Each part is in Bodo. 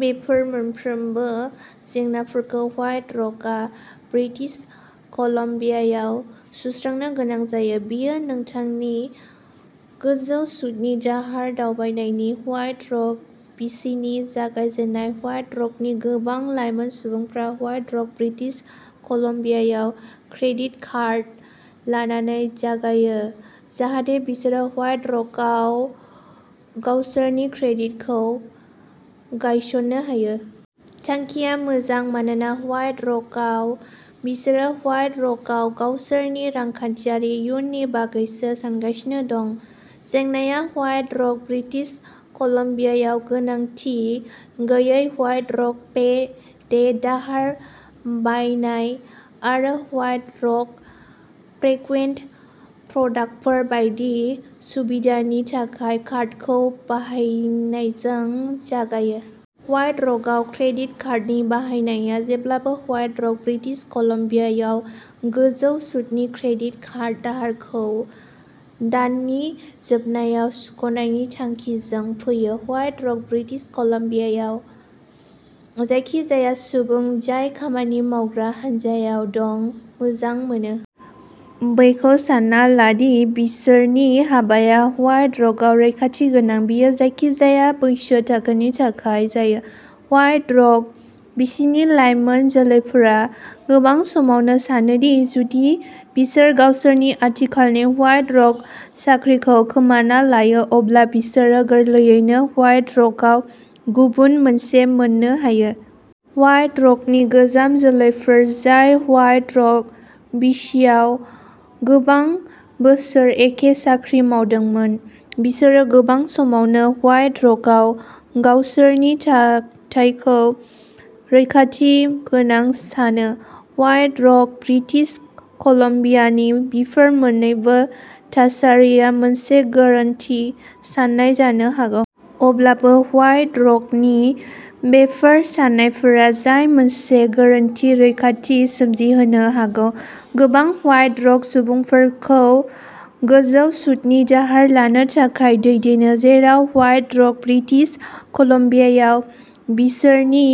बेफोर मोनफ्रोमबो जेंनाफोरखौ व्हाइट रक ब्रिटिश कलम्बियायाव सुस्रांनो गोनां जायो। बेयो नोंथांनि गोजौ सुतनि दाहार दावबायनायनि व्हाइट रक बिसिनि जागायजेन्नाय। व्हाइट रकनि गोबां लाइमोन सुबुंफोरा व्हाइट रक ब्रिटिश कलम्बियायाव क्रेडिट कार्ड लानानै जागायो, जाहाथे बिसोरो व्हाइट रकआव गावसोरनि क्रेडिटखौ गायसननो हायो। थांखिया मोजां मानोना व्हाइट रकआव बिसोरो व्हाइट रकआव गावसोरनि रांखान्थियारि इयुननि बागैसो सानगासिनो दं। जेंनाया व्हाइट रक ब्रिटिश कलम्बियायाव गोनांथि गैयै व्हाइट रक पे डे दाहार बायनाय आरो व्हाइट रक फ्रिकुवेन्ट प्रडाक्टफोर बायदि सुबिदानि थाखाय कार्डखौ बाहायनायजों जागायो। व्हाइट रकआव क्रेडिट कार्डनि बाहायनाया जेब्लाबो व्हाइट रक ब्रिटिश कलम्बियायाव गोजौ सुतनि क्रेडिट कार्ड दाहारखौ दाननि जोबनायाव सुख'नायनि थांखिजों फैयो। व्हाइट रक ब्रिटिश कलम्बियायाव जायखिजाया सुबुं जाय खामानि मावग्रा हान्जायाव दं, मोजां मोनो। बेखौ सानना ला दि बिसोरनि हाबाया व्हाइट रकआव रैखाथि गोनां। बेयो जायखिजाया बैसो थाखोनि थाखाय जायो। व्हाइट रक बिसिनि लाइमोन जोलैफोरा गोबां समावनो सानो दि जुदि बिसोर गावसोरनि आथिखालनि व्हाइट रक साख्रिखौ खोमाना लायो अब्ला बिसोरो गोरलैयैनो व्हाइट रकआव गुबुन मोनसे मोन्नो हायो। व्हाइट रकनि गोजाम जोलैफोर जाय व्हाइट रक बिसिआव गोबां बोसोर एखे साख्रि मावदोंमोन, बिसोरो गोबां समावनो व्हाइट रकआव गावसोरनि थाथायखौ रैखाथि गोनां सानो। व्हाइट रक ब्रिटिश कलम्बियानि बेफोर मोननैबो थासारिया मोनसे गोरोन्थि साननाय जानो हागौ। अब्लाबो, व्हाइट रकनि बेफोर सान्नायफोरा जाय मोनसे गोरोन्थि रैखाथि सोमजिहोनो हागौ, गोबां व्हाइट रक सुबुंफोरखौ गोजौ सुतनि दाहार लानो थाखाय दैदेनो जेराव व्हाइट रक ब्रिटिश कलम्बियायाव बिसोरनि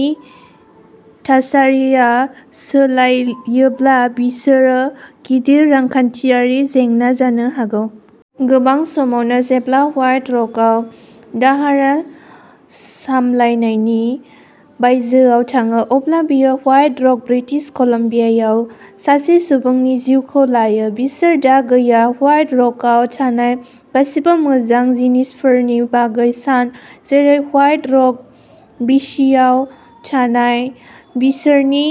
थासारिया सोलायोब्ला बिसोरो गिदिर रांखान्थियारि जेंना जानो हागौ। गोबां समावनो जेब्ला व्हाइट रकआव दाहारआ सामलायनायनि बायजोआव थाङो अब्ला बेयो व्हाइट रक ब्रिटिश कलम्बियायाव सासे सुबुंनि जिउखौ लायो। बिसोर दा गैया। व्हाइट रकआव थानाय गासिबो मोजां जिनिसफोरनि बागै सान, जेरै व्हाइट रक बिसिआव थानाय बिसोरनि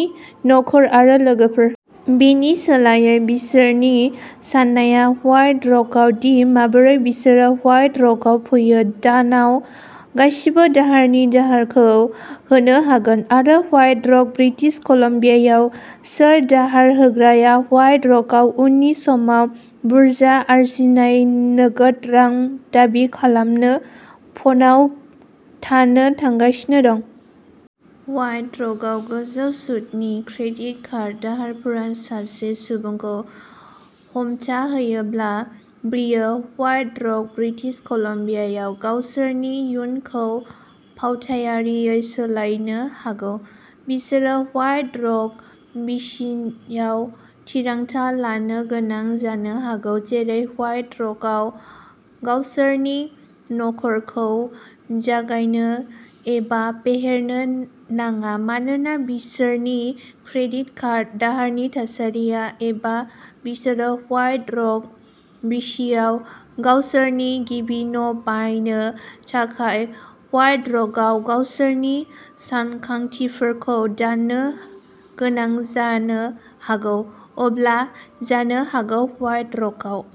नखर आरो लोगोफोर। बिनि सोलायै बिसोरनि साननाया व्हाइट रकआव दि माबोरै बिसोरो व्हाइट रकआव फैयो दानाव गासिबो दाहारनि दाहारखौ होनो हागोन, आरो व्हाइट रक ब्रिटिश कलम्बियायाव सोर दाहार होग्राया व्हाइट रकआव उननि समाव बुरजा आरजिनाय नोगोद रां दाबि खालामनो फनआव थानो थांगासिनो दं। व्हाइट रकआव गोजौ सुतनि क्रेडिट कार्ड दाहारफोरा सासे सुबुंखौ हमथाहोयोब्ला बेयो व्हाइट रक ब्रिटिश कलम्बियायाव गावसोरनि इयुनखौ फावथायारियै सोलायनो हागौ। बिसोरो व्हाइट रक बिसिआव थिरांथा लानो गोनां जानो हागौ। जेरै व्हाइट रकआव गावसोरनि नखरखौ जागायनो एबा फेहेरनो नाङा, मानोना बिसोरनि क्रेडिट कार्ड दाहारनि थासारिया एबा बिसोरो व्हाइट रक बिसिआव गावसोरनि गिबि न' बायनो थाखाय व्हाइट रकआव गावसोरनि सानथांखिफोरखौ दोननो गोनां जानो हागौ। अब्ला जानो हागौ व्हाइट रकआव।